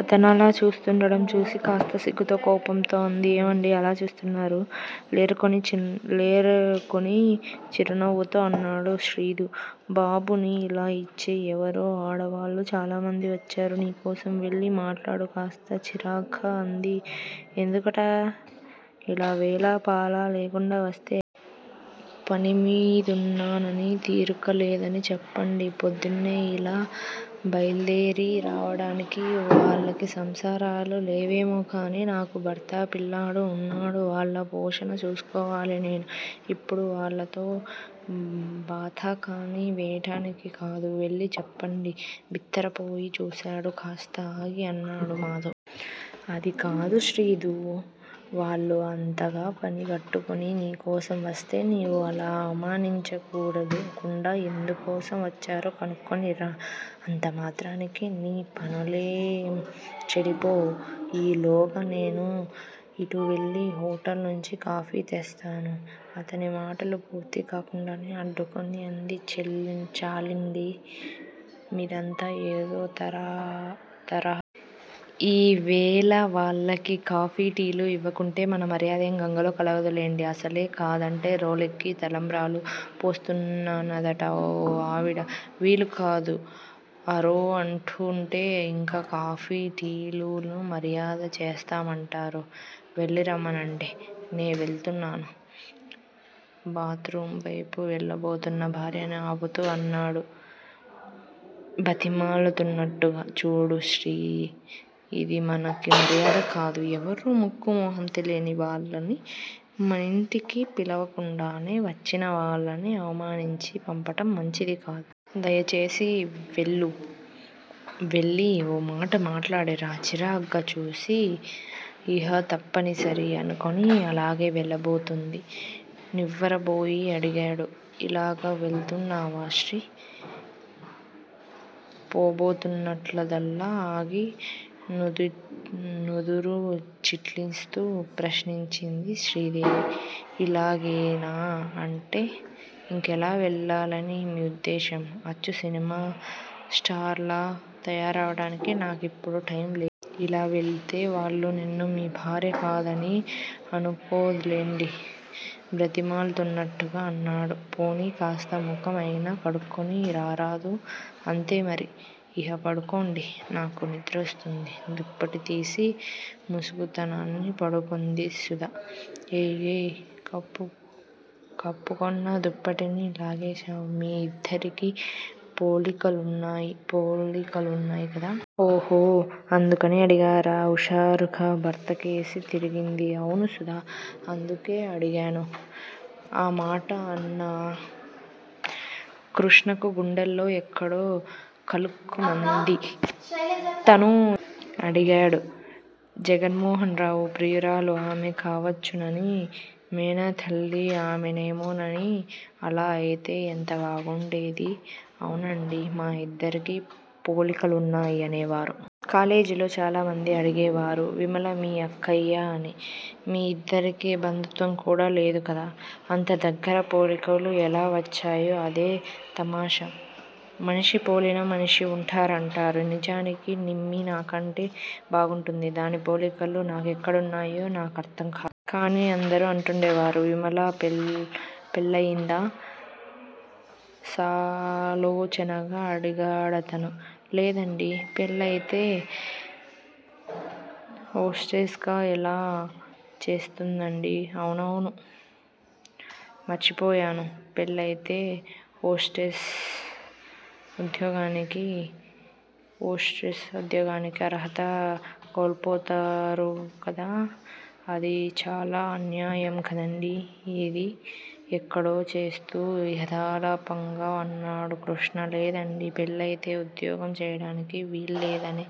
అతనలా చూస్తుండటం చూసి కాస్త సిగ్గుతో కోపంతో అంది ఏమండీ అలా చూస్తున్నారు? లెరుకుని చిరునవ్వుతో అన్నాడు శ్రీదూ! బాబుని ఇలా ఇచ్చేయ్, ఎవరో ఆడవాళ్ళు చాలామంది వచ్చారు నీకోసం వెళ్ళి మాట్లాడు కాస్త చిరాగ్గా అంది ఎందుకట? ఇలా వేళా పాళా లేకుండా వస్తే పనిమీదున్నానని తీరిక లేదని చెప్పండి. పొద్దున్నే ఇలా బయలుదేరి రావటానికి వాళ్ళకి సంసారాలు లేవేమో కాని నాకు భర్త, పిల్లాడు వున్నారు. వాళ్ళ పోషణ చూచుకోవాలి నేను. ఇపుడు వాళ్ళతో బాతాఖాని వేయటానికి కాదు. వెళ్ళి చెప్పండి. బిత్తరపోయి చూశాడు కాస్త ఆగి అన్నాడు మాధవ్! అది కాదు శ్రీదూ, వాళ్లు అంతగా పనిగట్టుకుని నీ కోసం వస్తే నీవు ఇలా అవమానించకుండా ఎందుకోసం వచ్చారో కనుక్కుని రా, అంతమాత్రానికే నీ పనులేంచెడిపోవు. ఈలోగా నేను ఇటు వెళ్లి హొటల్ నుంచి కాఫీ తెస్తాను. అతని మాటలు పూర్తికాకుండానే అడ్డుకుని అంది చాల్లెండి, మిదంతా అదో తరహా. ఈవేళ వాళ్ళకి కాఫీ, టీలు ఇవ్వకుంటే మన మర్యాదెం గంగలో కలవదు లెండి. అసలే కాదంటే రోలెక్కి తలంబ్రాలు పోస్తానన్నదట ఒహ ఆవిడ వీలుకాదు మఱ్ఱో అంటుంటే ఇంకా కాఫీ, టీలని మర్యాద చేస్తామంటారు వెళ్ళిరమ్మనండి. నే వెళుతున్నా. బాత్ రూమ్ వైపు వెళ్ళబోతున్న భార్యని ఆపుతూ అన్నాడు బతిమాలుతున్నట్టుగా చూడు శ్రీ ఇది మనకి మర్యాద కాదు ఎవరో ముక్కు మొహం తెలియని వాళ్ళని మనింటికి పిలవకుండానే వచ్చిన వాళ్ళని అవమానించి పంపటం మంచిది కాదు. దయచేసి వెళ్ళు. వెళ్ళి ఒకమాట మాట్లాడిరా. చిరాగ్గా చూసి ఇహ తప్పనిసరి అనుకుని అలాగే వెళ్ళబోయింది. నివ్వేరబోయి అడిగాడు ఇలాగే వెడుతున్నావా శ్రీ పోబోతున్నదల్లా ఆగి నుదురు చిట్లిస్తూ ప్రశ్నించింది శ్రీదేవి! ఇలాగేనా అంటే ఇంకెలా వెళ్ళాలని మీ ఉద్దేశం? అచ్చు సినిమా స్టార్లా తయారవటానికి నా కిప్పుడు టైం లేదు. ఇలా వెళితే వాళ్లు నన్ను మీ భార్య కాదని అనుకోర్లెండి? బ్రతిమాలుతున్నట్టుగా అన్నాడు. పోనీ కాస్త ముఖం అయినా కడుక్కుని రారాదూ! అంతే, మరి? ఇహ పడుకోండి, నాకు నిద్రొస్తోంది దుప్పటి తీసి ముసుగుతనని పడుకుంది సుధ. ఏయ్! ఏయ్! కప్పు కప్పుకొన్న దుప్పటిని లాగివేశాడు. మీ ఇద్దరికీ పోలికలున్నాయి పోలికలున్నాయి కదూ? ఓహో! అందుకని అడిగారా? ఉషారుగా భర్తకేసి తిరిగింది. అవును సుధా! అందుకే అడిగాను. ఆమాట అన్న కృష్ణకు గుండెల్లో ఎక్కడో కలుక్కుమంది. తను ఎందుకు అడిగాడు? జగన్మోహనరావు ప్రియురాలు ఆమె కావచ్చునని! మోనా తల్లి ఆమేనేమోనని! అలా అయితే ఎంత బాగుండేది? అవునండీ! మా ఇద్దరికీ పోలికలున్నాయని అనేవారు. కాలేజీలో చాలామంది అడిగేవారు విమల మీ అక్కయ్యా అని. మీ ఇద్దరికీ బంధుత్వం కూడా లేదు కదా? అంతదగ్గిర పోలికలు ఎలా వచ్చాయో? అదే తమాషా! మనిషిని పోలిన మనిషి ఉంటారంటారు. నిజానికి నిమ్మీ నాకంటే బాగుంటుంది. దాని పోలికలు నాకెక్కడున్నాయో నా కర్ధం కాదు. కాని అందరూ అంటుండేవారు. విమల పెళ్ళయిందా? సాలోచనగా అడిగాడతడు. లేదండీ! పెళ్ళయితే హోస్టెస్ గా ఎలా చేస్తుందండీ? అవునవును. మర్చిపోయాను. పెళ్ళయితే హోస్టెస్ ఉద్యోగానికి హోస్టెస్ ఉద్యోగానికి అర్హత కోల్పోతారుగద? అది చాలా అన్యాయం కదండీ! ఏదీ? ఎక్కడో చూస్తూ యధాలాపంగా అన్నాడు కృష్ణ. అదేనండీ! పెళ్ళయితే ఉద్యోగం చేయడానికి వీల్లేదనే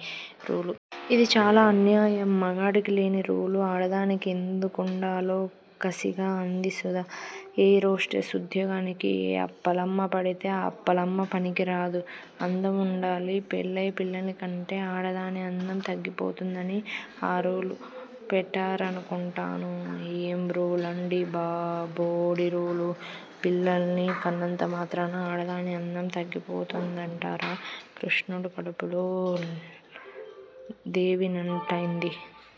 రూలు. ఇది చాలా అన్యాయం. మగవాడికి లేని రూలు ఆడదానికి ఎందుకుండాలో? కసిగా అంది సుధ. ఎయిర్ హోస్టెస్ ఉద్యోగానికి ఏ అప్పలమ్మ పడితే ఆ అప్పలమ్మ పనికిరాదు. అందం ఉండాలి. పెళ్ళయి పిల్లల్నికంటె ఆడదాని అందం తరిగిపోతుందని ఆ రూలు పెట్టారనుకుంటాను. ఏం రూలండీ బోడిరూలు? పిల్లలని కన్నంతమాత్రాన ఆడదాని అందం తరిగిపోతుందంటారా! కృష్ణకు కడుపులో దేవినట్టయింది.